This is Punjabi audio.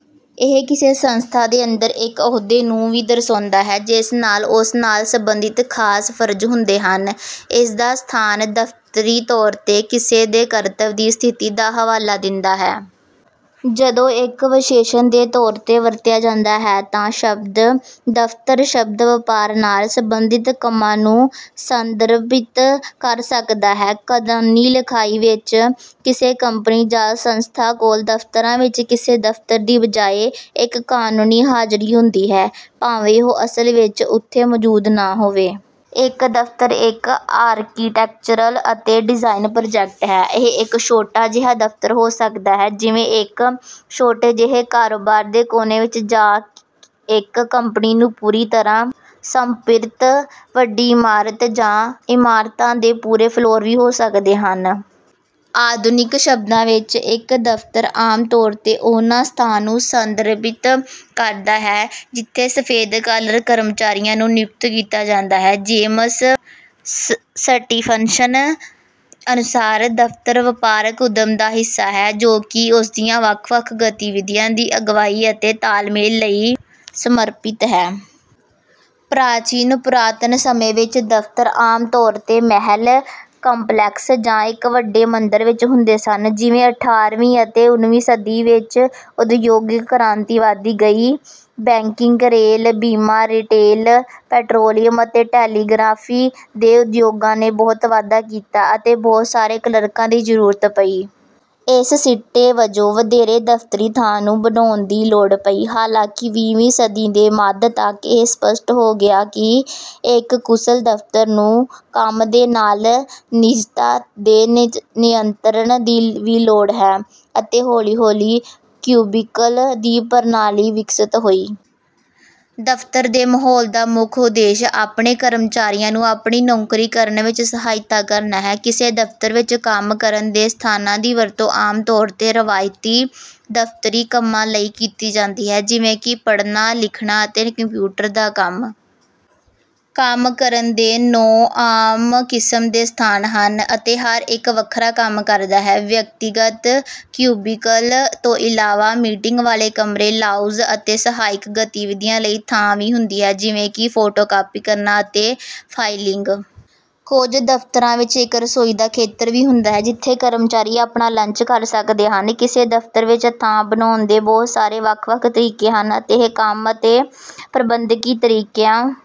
ਇਹ ਕਿਸੇ ਸੰਸਥਾ ਦੇ ਅੰਦਰ ਇੱਕ ਅਹੁਦੇ ਨੂੰ ਵੀ ਦਰਸਾਉਂਦਾ ਹੈ ਜਿਸ ਨਾਲ ਉਸ ਨਾਲ ਸੰਬੰਧਿਤ ਖਾਸ ਫਰਜ਼ ਹੁੰਦੇ ਹਨ। ਇਸ ਦਾ ਸਥਾਨ ਦਫ਼ਤਰੀ ਤੌਰ ਤੇ ਕਿਸੇ ਦੇ ਕਰਤੱਵ ਦੀ ਸਥਿਤੀ ਦਾ ਹਵਾਲਾ ਦਿੰਦਾ ਹੈ। ਜਦੋਂ ਇੱਕ ਵਿਸ਼ੇਸ਼ਣ ਦੇ ਤੌਰ ਤੇ ਵਰਤਿਆ ਜਾਂਦਾ ਹੈ ਤਾਂ ਸ਼ਬਦ ਦਫ਼ਤਰ ਸ਼ਬਦ ਵਪਾਰ ਨਾਲ ਸੰਬੰਧਿਤ ਕੰਮਾਂ ਨੂੰ ਸੰਦਰਭਿਤ ਕਰ ਸਕਦਾ ਹੈ। ਕਾਨੂੰਨੀ ਲਿਖਾਈ ਵਿੱਚ ਕਿਸੇ ਕੰਪਨੀ ਜਾਂ ਸੰਸਥਾ ਕੋਲ ਦਫ਼ਤਰਾਂ ਵਿੱਚ ਕਿਸੇ ਦਫ਼ਤਰ ਦੀ ਬਜਾਏ ਇੱਕ ਕਾਨੂੰਨੀ ਹਾਜ਼ਰੀ ਹੁੰਦੀ ਹੈ ਭਾਵੇਂ ਉਹ ਅਸਲ ਵਿੱਚ ਉਥੇ ਮੌਜੂਦ ਨਾ ਹੋਵੇ। ਇੱਕ ਦਫ਼ਤਰ ਇੱਕ ਆਰਕੀਟੈਕਚਰਲ ਅਤੇ ਡਿਜ਼ਾਈਨ ਪ੍ਰਾਜੈਕਟ ਹੈ। ਇਹ ਇੱਕ ਛੋਟਾ ਜਿਹਾ ਦਫ਼ਤਰ ਹੋ ਸਕਦਾ ਹੈ ਜਿਵੇਂ ਕਿ ਇੱਕ ਛੋਟੇ ਜਿਹੇ ਕਾਰੋਬਾਰ ਦੇ ਕੋਨੇ ਵਿੱਚ ਜਾਂ ਇੱਕ ਕੰਪਨੀ ਨੂੰ ਪੂਰੀ ਤਰ੍ਹਾਂ ਸਮਰਪਿਤ ਵੱਡੀ ਇਮਾਰਤ ਜਾਂ ਇਮਾਰਤਾਂ ਦੇ ਪੂਰੇ ਫਲੋਰ ਵੀ ਹੋ ਸਕਦੇ ਹਨ। ਆਧੁਨਿਕ ਸ਼ਬਦਾਂ ਵਿੱਚ ਇੱਕ ਦਫ਼ਤਰ ਆਮ ਤੌਰ ਤੇ ਉਹਨਾਂ ਸਥਾਨ ਨੂੰ ਸੰਦਰਭਿਤ ਕਰਦਾ ਹੈ ਜਿੱਥੇ ਸਫੈਦ-ਕਾਲਰ ਕਰਮਚਾਰੀਆਂ ਨੂੰ ਨਿਯੁਕਤ ਕੀਤਾ ਜਾਂਦਾ ਹੈ। ਜੇਮਸ ਸਟੀਫਨਸਨ ਅਨੁਸਾਰ ਦਫ਼ਤਰ ਵਪਾਰਕ ਉੱਦਮ ਦਾ ਹਿੱਸਾ ਹੈ ਜੋ ਕਿ ਉਸ ਦੀਆਂ ਵੱਖ-ਵੱਖ ਗਤੀਵਿਧੀਆਂ ਦੀ ਅਗਵਾਈ ਅਤੇ ਤਾਲਮੇਲ ਲਈ ਸਮਰਪਿਤ ਹੈ। ਪ੍ਰਾਚੀਨ ਪੁਰਾਤਨ ਸਮੇਂ ਵਿੱਚ ਦਫ਼ਤਰ ਆਮ ਤੌਰ ਤੇ ਮਹਿਲ ਕੰਪਲੈਕਸ ਜਾਂ ਇੱਕ ਵੱਡੇ ਮੰਦਰ ਵਿੱਚ ਹੁੰਦੇ ਸਨ। ਜਿਵੇਂ ਅਠਾਰਵੀਂ ਅਤੇ ਉਨਵੀਂ ਸਦੀ ਵਿੱਚ ਉਦਯੋਗਿਕ ਕ੍ਰਾਂਤੀ ਵਧਦੀ ਗਈ ਬੈਂਕਿੰਗ, ਰੇਲ, ਬੀਮਾ, ਰਿਟੇਲ, ਪੈਟਰੋਲੀਅਮ ਅਤੇ ਟੈਲੀਗ੍ਰਾਫੀ ਦੇ ਉਦਯੋਗਾਂ ਨੇ ਬਹੁਤ ਵਾਧਾ ਕੀਤਾ ਅਤੇ ਬਹੁਤ ਸਾਰੇ ਕਲਰਕਾਂ ਦੀ ਜ਼ਰੂਰਤ ਪਈ। ਇਸਦੇ ਸਿੱਟੇ ਵਜੋਂ ਵਧੇਰੇ ਦਫ਼ਤਰੀ ਥਾਂ ਨੂੰ ਬਣਾਉਣ ਦੀ ਲੋੜ ਪਈ। ਹਾਲਾਂਕਿ ਵੀਹ ਵੀਂ ਸਦੀ ਦੇ ਮੱਧ ਤੱਕ ਇਹ ਸਪੱਸ਼ਟ ਹੋ ਗਿਆ ਕਿ ਇੱਕ ਕੁਸ਼ਲ ਦਫ਼ਤਰ ਨੂੰ ਕੰਮ ਦੇ ਨਾਲ ਨਾਲ ਨਿੱਜਤਾ ਦੇ ਨਿਯੰਤਰਣ ਦੀ ਵੀ ਲੋੜ ਹੈ ਅਤੇ ਹੌਲੀ ਹੌਲੀ ਕਿਊਬਿਕਲ ਦੀ ਪ੍ਰਣਾਲੀ ਵਿਕਸਿਤ ਹੋਈ। ਦਫ਼ਤਰ ਦੇ ਮਾਹੌਲ ਦਾ ਮੁੱਖ ਉਦੇਸ਼ ਆਪਣੇ ਕਰਮਚਾਰੀਆਂ ਨੂੰ ਆਪਣੀ ਨੌਕਰੀ ਕਰਨ ਵਿੱਚ ਸਹਾਇਤਾ ਕਰਨਾ ਹੈ। ਕਿਸੇ ਦਫ਼ਤਰ ਵਿੱਚ ਕੰਮ ਕਰਨ ਦੇ ਸਥਾਨਾਂ ਦੀ ਵਰਤੋਂ ਆਮ ਤੌਰ ਤੇ ਰਵਾਇਤੀ ਦਫ਼ਤਰੀ ਕੰਮਾਂ ਲਈ ਕੀਤੀ ਜਾਂਦੀ ਹੈ ਜਿਵੇਂ ਕਿ ਪੜ੍ਹਨਾ, ਲਿਖਣਾ ਅਤੇ ਕੰਪਿਊਟਰ ਦਾ ਕੰਮ। ਕੰਮ ਕਰਨ ਦੇ ਨੌਂ ਆਮ ਕਿਸਮ ਦੇ ਸਥਾਨ ਹਨ ਅਤੇ ਹਰ ਇੱਕ ਵੱਖਰਾ ਕੰਮ ਕਰਦਾ ਹੈ। ਵਿਅਕਤੀਗਤ ਕਿਊਬਿਕਲ ਤੋਂ ਇਲਾਵਾ ਮੀਟਿੰਗ ਵਾਲੇ ਕਮਰੇ, ਲਾਉਂਜ ਅਤੇ ਸਹਾਇਕ ਗਤੀਵਿਧੀਆਂ ਲਈ ਥਾਂ ਵੀ ਹੁੰਦੀ ਹੈ ਜਿਵੇਂ ਕਿ ਫੋਟੋ ਕਾਪੀ ਕਰਨਾ ਅਤੇ ਫਾਈਲਿੰਗ। ਕੁਝ ਦਫ਼ਤਰਾਂ ਵਿੱਚ ਇੱਕ ਰਸੋਈ ਦਾ ਖੇਤਰ ਵੀ ਹੁੰਦਾ ਹੈ ਜਿੱਥੇ ਕਰਮਚਾਰੀ ਆਪਣਾ ਲੰਚ ਕਰ ਸਕਦੇ ਹਨ। ਕਿਸੇ ਦਫ਼ਤਰ ਵਿੱਚ ਥਾਂ ਬਣਾਉਣ ਦੇ ਬਹੁਤ ਸਾਰੇ ਵੱਖ-ਵੱਖ ਤਰੀਕੇ ਹਨ ਅਤੇ ਇਹ ਕੰਮ ਅਤੇ ਪ੍ਰਬੰਧਕੀ ਤਰੀਕਿਆਂ